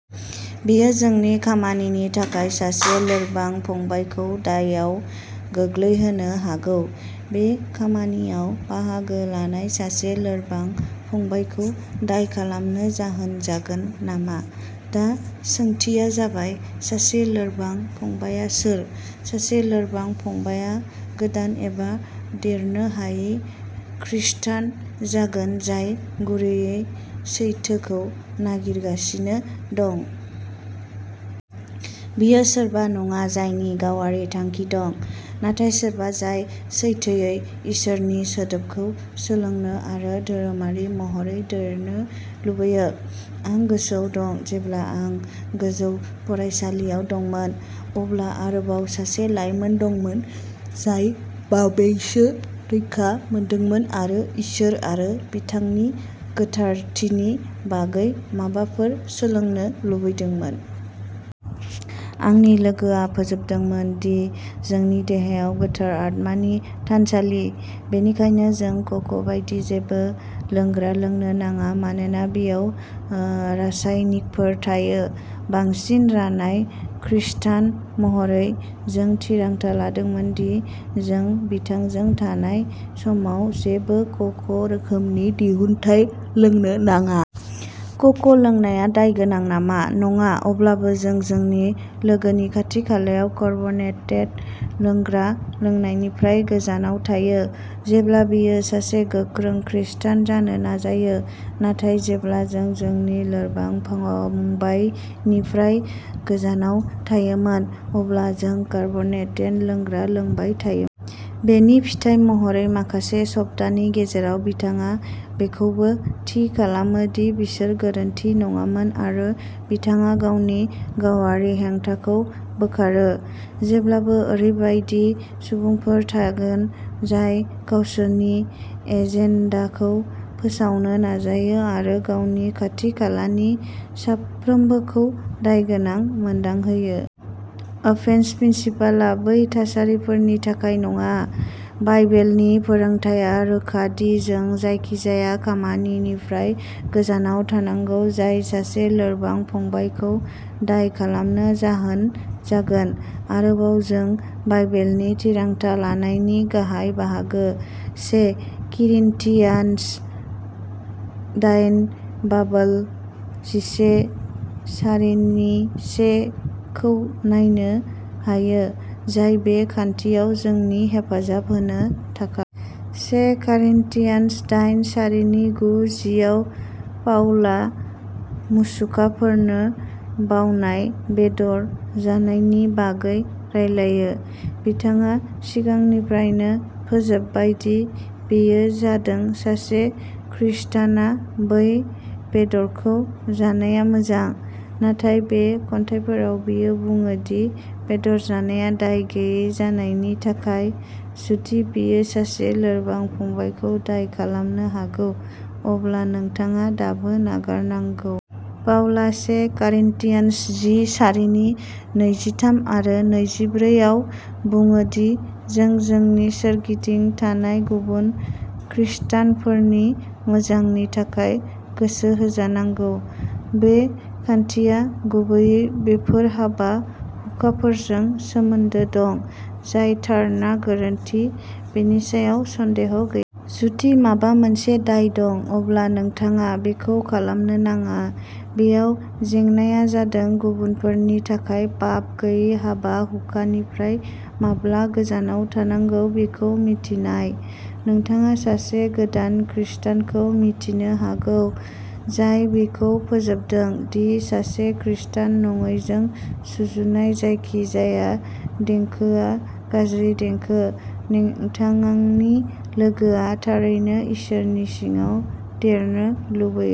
बेयो जोंनि खामानिनि थाखाय सासे लोरबां फंबायखौ दायआव गोग्लैहोनो हागौ। बे खामानियाव बाहागो लानाया सासे लोरबां फंबायखौ दाय खालामनो जाहोन जागोन नामा? दा सोंथिया जाबाय, सासे लोरबां फंबायआ सोर? सासे लोरबां फंबायआ गोदान एबा देरनो हायै खृस्टान जागोन जाय गुरैयै सैथोखौ नागिरगासिनो दं। बियो सोरबा नङा जायनि गावारि थांखि दं, नाथाय सोरबा जाय सैथोयै इसोरनि सोदोबखौ सोलोंनो आरो धोरोमारि महरै देरनो लुबैयो। आं गोसोआव दं जेब्ला आं गोजौ फरायसालियाव दंमोन, अब्ला आरोबाव सासे लाइमोन दंमोन जाय बावैसो रैखा मोन्दोंमोन आरो इसोर आरो बिथांनि गोथारथिनि बागै माबाफोर सोलोंनो लुगैदोंमोन। आंनि लोगोआ फोजोबदोंमोन दि जोंनि देहाया गोथार आत्मानि थानसालि, बेनिखायनो जों क'क बायदि जेबो लोंग्रा लोंनो नाङा मानोना बेयाव रासायनिकफोर थायो। बांसिन रानाय खृस्टान महरै, जों थिरांथा लादोंमोन दि जों बिथांजों थानाय समाव जेबो क'क रोखोमनि दिहुनथाय लोंनो नाङा। क'क लोंनाया दायगोनां नामा? नङा। अब्लाबो जों जोंनि लोगोनि खाथि-खालायाव कार्बनेटेड लोंग्रा लोंनायनिफ्राय गोजानाव थायो, जेब्ला बियो सासे गोख्रों खृस्टान जानो नाजायो। नाथाय, जेब्ला जों जोंनि लोरबां फंबायनिफ्राय गोजानाव थायोमोन, अब्ला जों कार्बनेटेड लोंग्रा लोंबाय थायो। बेनि फिथाइ महरै माखासे सप्तानि गेजेराव बिथाङा बेखौबो थि खालामो दि बिसोर गोरोन्थि नङामोन आरो बिथाङा गावनि गावारि हेंथाखौ बोखारो। जेब्लाबो ओरैबायदि सुबुंफोर थागोन जाय गावसोरनि एजेन्डाखौ फोसावनो नाजायो आरो गावनि खाथि-खालानि साफ्रोमबोखौ दायगोनां मोनदांहोयो। अफेन्स प्रिन्सिपलआ बै थासारिफोरनि थाखाय नङा। बाइबेलनि फोरोंथाया रोखा दि जों जायखिजाया खामानिनिफ्राय गोजानाव थानांगौ जाय सासे लोरबां फंबायखौ दाय खालामनो जाहोन जागोन। आरोबाव जों बाइबेलनि थिरांथा लानायनि गाहाय बाहागो, से करिन्थियान्स दायेन बालाब जिसे सारिनि से खौ नायनो हायो, जाय बे खान्थियाव जोंनि हेफाजाब होनो थाखाय। से करिन्थियान्स दायेन सारिनि गु जि आव पाउलआ मुसुखाफोरनो बावनाय बेदर जानायनि बागै रायज्लायो। बिथाङा सिगांनिफ्रायनो फोजोबबाय दि बेयो जादों सासे खृष्टानआ बे बेदरखौ जानाया मोजां। नाथाय, बे खन्थाइफोराव बियो बुङो दि बेदर जानाया दाय गैयै जानायनि थाखाय, जुदि बेयो सासे लोरबां फंबायखौ दाय खालामनो हागौ, अब्ला नोंथाङा दाबो नागारनांगौ। पाउला से करिन्थियान्स जि सारिनि नैजिथाम आरो नैजिब्रै आव बुङो दि जों जोंनि सोरगिदिं थानाय गुबुन खृष्टानफोरनि मोजांनि थाखाय गोसो होजानांगौ। बे खान्थिया गुबैयै बैफोर हाबा-हुखाफोरजों सोमोन्दो दं, जाय थार ना गोरोन्थि, बेनि सायाव सन्देह गै। जुदि माबा मोनसे दाय दं, अब्ला नोंथाङा बेखौ खालामनो नाङा। बेयाव जेंनाआ जादों गुबुनफोरनि थाखाय पाप गैयै हाबा-हुखानिफ्राय माब्ला गोजानाव थानांगौ बेखौ मिन्थिनाय। नोंथाङा सासे गोदान खृष्टानखौ मिन्थिनो हागौ, जाय बेखौ फोजोबदों दि सासे खृष्टान नङैजों सुजुनाय जायखिजाया देंखोआ गाज्रि देंखो। नोंथांनि लोगोआ थारैनो इसोरनि सिङाव देरनो लुबैयो।